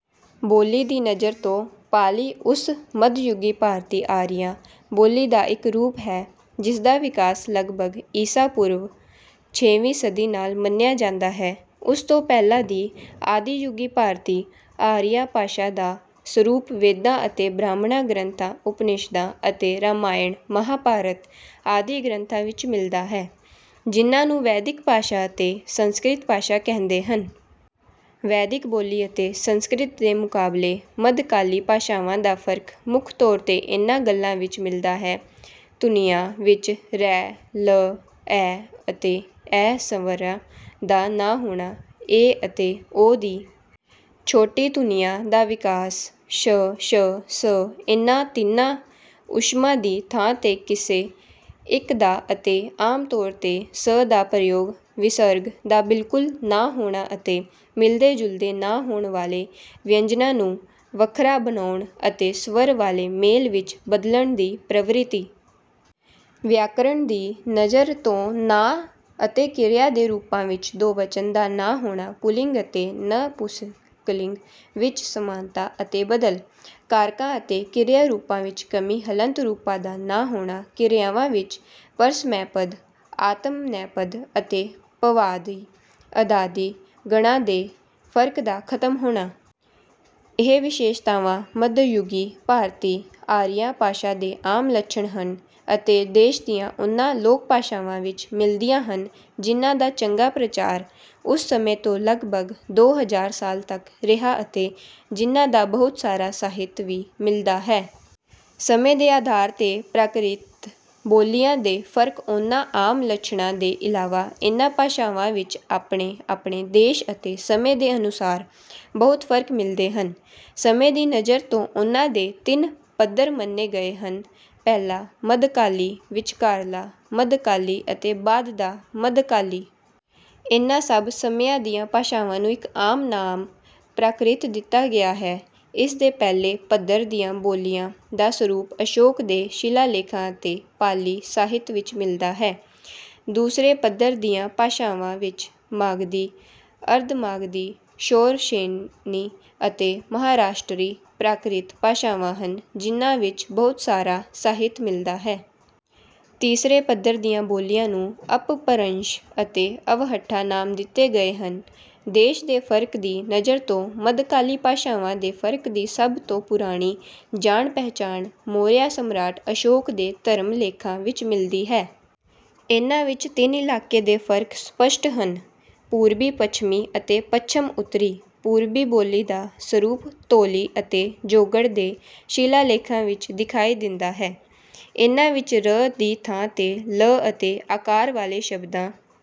ਬੋਲੀ ਦੀ ਨਜ਼ਰ ਤੋਂ ਪਾਲੀ ਉਸ ਮਧਯੁਗੀ ਭਾਰਤੀ ਆਰੀਆ ਬੋਲੀ ਦਾ ਇੱਕ ਰੂਪ ਹੈ ਜਿਸਦਾ ਵਿਕਾਸ ਲੱਗਭੱਗ ਈਸਾ ਪੂਰਵ ਛੇਵੀਂ ਸਦੀ ਨਾਲ ਮੰਨਿਆ ਜਾਂਦਾ ਹੈ। ਉਸ ਤੋਂ ਪਹਿਲਾਂ ਦੀ ਆਦਿਯੁਗੀ ਭਾਰਤੀ ਆਰੀਆ ਭਾਸ਼ਾ ਦਾ ਸਰੂਪ ਵੇਦਾਂ ਅਤੇ ਬ੍ਰਾਹਮਣ ਗ੍ਰੰਥਾਂ ਉਪਨਿਸ਼ਦਾਂ ਅਤੇ ਰਾਮਾਇਣ ਮਹਾਂਭਾਰਤ ਆਦਿ ਗ੍ਰੰਥਾਂ ਵਿੱਚ ਮਿਲਦਾ ਹੈ ਜਿਨ੍ਹਾਂ ਨੂੰ ਵੈਦਿਕ ਭਾਸ਼ਾ ਅਤੇ ਸੰਸਕ੍ਰਿਤ ਭਾਸ਼ਾ ਕਹਿੰਦੇ ਹਨ। ਵੈਦਿਕ ਬੋਲੀ ਅਤੇ ਸੰਸਕ੍ਰਿਤ ਦੇ ਮੁਕਾਬਲੇ ਮੱਧਕਾਲੀ ਭਾਸ਼ਾਵਾਂ ਦਾ ਫਰਕ ਮੁੱਖ ਤੌਰ ਤੇ ਇਨ੍ਹਾਂ ਗੱਲਾਂ ਵਿੱਚ ਮਿਲਦਾ ਹੈ। ਧੁਨੀਆਂ ਵਿੱਚ ਰਿ ਲ ਐ ਅਤੇ ਐ ਸਵਰਾਂ ਦਾ ਨਾ ਹੋਣਾ ਏ ਅਤੇ ਓ ਦੀ ਛੋਟੀ ਧੁਨੀਆਂ ਦਾ ਵਿਕਾਸ ਸ਼ ਸ਼ ਸ ਇਨ੍ਹਾਂ ਤਿੰਨਾਂ ਊਸ਼ਮਾਂ ਦੀ ਥਾਂ ਤੇ ਕਿਸੇ ਇੱਕ ਦਾ ਅਤੇ ਆਮ ਤੌਰ ਤੇ ਸ ਦਾ ਪ੍ਰਯੋਗ ਵਿਸਰਗ ਦਾ ਬਿਲਕੁਲ ਨਾ ਹੋਣਾ ਅਤੇ ਮਿਲਦੇ ਜੁਲਦੇ ਨਾ ਹੋਣ ਵਾਲੇ ਵਿਅੰਜਨਾਂ ਨੂੰ ਵੱਖਰਾ ਬਣਾਉਣ ਅਤੇ ਸਵਰ ਵਾਲੇ ਮੇਲ ਵਿੱਚ ਬਦਲਣ ਦੀ ਪ੍ਰਵਿਰਤੀ। ਵਿਆਕਰਨ ਦੀ ਨਜ਼ਰ ਤੋਂ ਨਾਂ ਅਤੇ ਕਿਰਿਆ ਦੇ ਰੂਪਾਂ ਵਿੱਚ ਦੋਵਚਨ ਦਾ ਨਾ ਹੋਣਾ ਪੁਲਿੰਗ ਅਤੇ ਨਪੁੰਸਕਲਿੰਗ ਵਿੱਚ ਸਮਾਨਤਾ ਅਤੇ ਬਦਲ। ਕਾਰਕਾਂ ਅਤੇ ਕਿਰਿਆਰੂਪਾਂ ਵਿੱਚ ਕਮੀ ਹਲੰਤ ਰੂਪਾਂ ਦਾ ਨਾ ਹੋਣਾ। ਕਿਰਿਆਵਾਂ ਵਿੱਚ ਪਰਸਮੈਪਦ ਆਤਮਨੇਪਦ ਅਤੇ ਭਵਾਦਿ ਅਦਾਦਿ ਗਣਾਂ ਦੇ ਫਰਕ ਦਾ ਖਤਮ ਹੋਣਾ। ਇਹ ਵਿਸ਼ੇਸ਼ਤਾਵਾਂ ਮਧਯੁਗੀ ਭਾਰਤੀ ਆਰੀਆ ਭਾਸ਼ਾ ਦੇ ਆਮ ਲੱਛਣ ਹਨ ਅਤੇ ਦੇਸ਼ ਦੀਆਂ ਉਨ੍ਹਾਂ ਲੋਕਭਾਸ਼ਾਵਾਂ ਵਿੱਚ ਮਿਲਦੀਆਂ ਹਨ ਜਿਨ੍ਹਾਂ ਦਾ ਚੰਗਾ ਪ੍ਰਚਾਰ ਉਸ ਸਮੇਂ ਤੋਂ ਲਗਭੱਗ ਦੋ ਹਜ਼ਾਰ ਸਾਲ ਤੱਕ ਰਿਹਾ ਅਤੇ ਜਿਨ੍ਹਾਂ ਦਾ ਬਹੁਤ ਸਾਰਾ ਸਾਹਿਤ ਵੀ ਮਿਲਦਾ ਹੈ। ਸਮੇਂ ਦੇ ਆਧਾਰ ਤੇ ਪ੍ਰਾਕ੍ਰਿਤ ਬੋਲੀਆਂ ਦੇ ਫਰਕ ਉਨ੍ਹਾਂ ਆਮ ਲੱਛਣਾਂ ਦੇ ਇਲਾਵਾ ਇਨ੍ਹਾਂ ਭਾਸ਼ਾਵਾਂ ਵਿੱਚ ਆਪਣੇ ਆਪਣੇ ਦੇਸ਼ ਅਤੇ ਸਮੇਂ ਦੇ ਅਨੁਸਾਰ ਬਹੁਤ ਫਰਕ ਮਿਲਦੇ ਹਨ। ਸਮੇਂ ਦੀ ਨਜ਼ਰ ਤੋਂ ਉਨ੍ਹਾਂ ਦੇ ਤਿੰਨ ਪੱਧਰ ਮੰਨੇ ਗਏ ਹਨ ਪਹਿਲਾ ਮੱਧਕਾਲੀ ਵਿਚਕਾਰਲਾ ਮੱਧਕਾਲੀ ਅਤੇ ਬਾਅਦ ਦਾ ਮੱਧਕਾਲੀ। ਇਨ੍ਹਾਂ ਸਭ ਸਮਿਆਂ ਦੀਆਂ ਭਾਸ਼ਾਵਾਂ ਨੂੰ ਇੱਕ ਆਮ ਨਾਮ ਪ੍ਰਾਕ੍ਰਿਤ ਦਿੱਤਾ ਗਿਆ ਹੈ। ਇਸ ਦੇ ਪਹਿਲੇ ਪੱਧਰ ਦੀਆਂ ਬੋਲੀਆਂ ਦਾ ਸਰੂਪ ਅਸ਼ੋਕ ਦੇ ਸ਼ਿਲਾਲੇਖਾਂ ਅਤੇ ਪਾਲੀ ਸਾਹਿਤ ਵਿੱਚ ਮਿਲਦਾ ਹੈ। ਦੂਸਰੇ ਪੱਧਰ ਦੀਆਂ ਭਾਸ਼ਾਵਾਂ ਵਿੱਚ ਮਾਗਧੀ ਅਰਧਮਾਗਧੀ ਸ਼ੌਰਸੇਨੀ ਅਤੇ ਮਹਾਰਾਸ਼ਟਰੀ ਪ੍ਰਾਕ੍ਰਿਤ ਭਾਸ਼ਾਵਾਂ ਹਨ ਜਿਨ੍ਹਾਂ ਵਿੱਚ ਬਹੁਤ ਸਾਰਾ ਸਾਹਿਤ ਮਿਲਦਾ ਹੈ। ਤੀਸਰੇ ਪੱਧਰ ਦੀਆਂ ਬੋਲੀਆਂ ਨੂੰ ਅਪਭਰੰਸ਼ ਅਤੇ ਅਵਹੱਠਾ ਨਾਮ ਦਿੱਤੇ ਗਏ ਹਨ। ਦੇਸ਼ ਦੇ ਫਰਕ ਦੀ ਨਜ਼ਰ ਤੋਂ ਮੱਧਕਾਲੀ ਭਾਸ਼ਾਵਾਂ ਦੇ ਫਰਕ ਦੀ ਸਭ ਤੋਂ ਪੁਰਾਣੀ ਜਾਣ ਪਹਿਚਾਣ ਮੌਰਿਆ ਸਮਰਾਟ ਅਸ਼ੋਕ ਦੇ ਧਰਮ ਲੇਖਾਂ ਵਿੱਚ ਮਿਲਦੀ ਹੈ। ਇਨ੍ਹਾਂ ਵਿੱਚ ਤਿੰਨ ਇਲਾਕੇ ਦੇ ਫਰਕ ਸਪੱਸ਼ਟ ਹਨ ਪੂਰਬੀ ਪੱਛਮੀ ਅਤੇ ਪੱਛਮ ਉੱਤਰੀ। ਪੂਰਬੀ ਬੋਲੀ ਦਾ ਸਰੂਪ ਧੋਲੀ ਅਤੇ ਜੌਗੜ ਦੇ ਸ਼ਿਲਾਲੇਖਾਂ ਵਿੱਚ ਦਿਖਾਈ ਦਿੰਦਾ ਹੈ। ਇਨ੍ਹਾਂ ਵਿੱਚ ਰ ਦੀ ਥਾਂ ਤੇ ਲ ਅਤੇ ਆਕਾਰ ਵਾਲੇ ਸ਼ਬਦਾਂ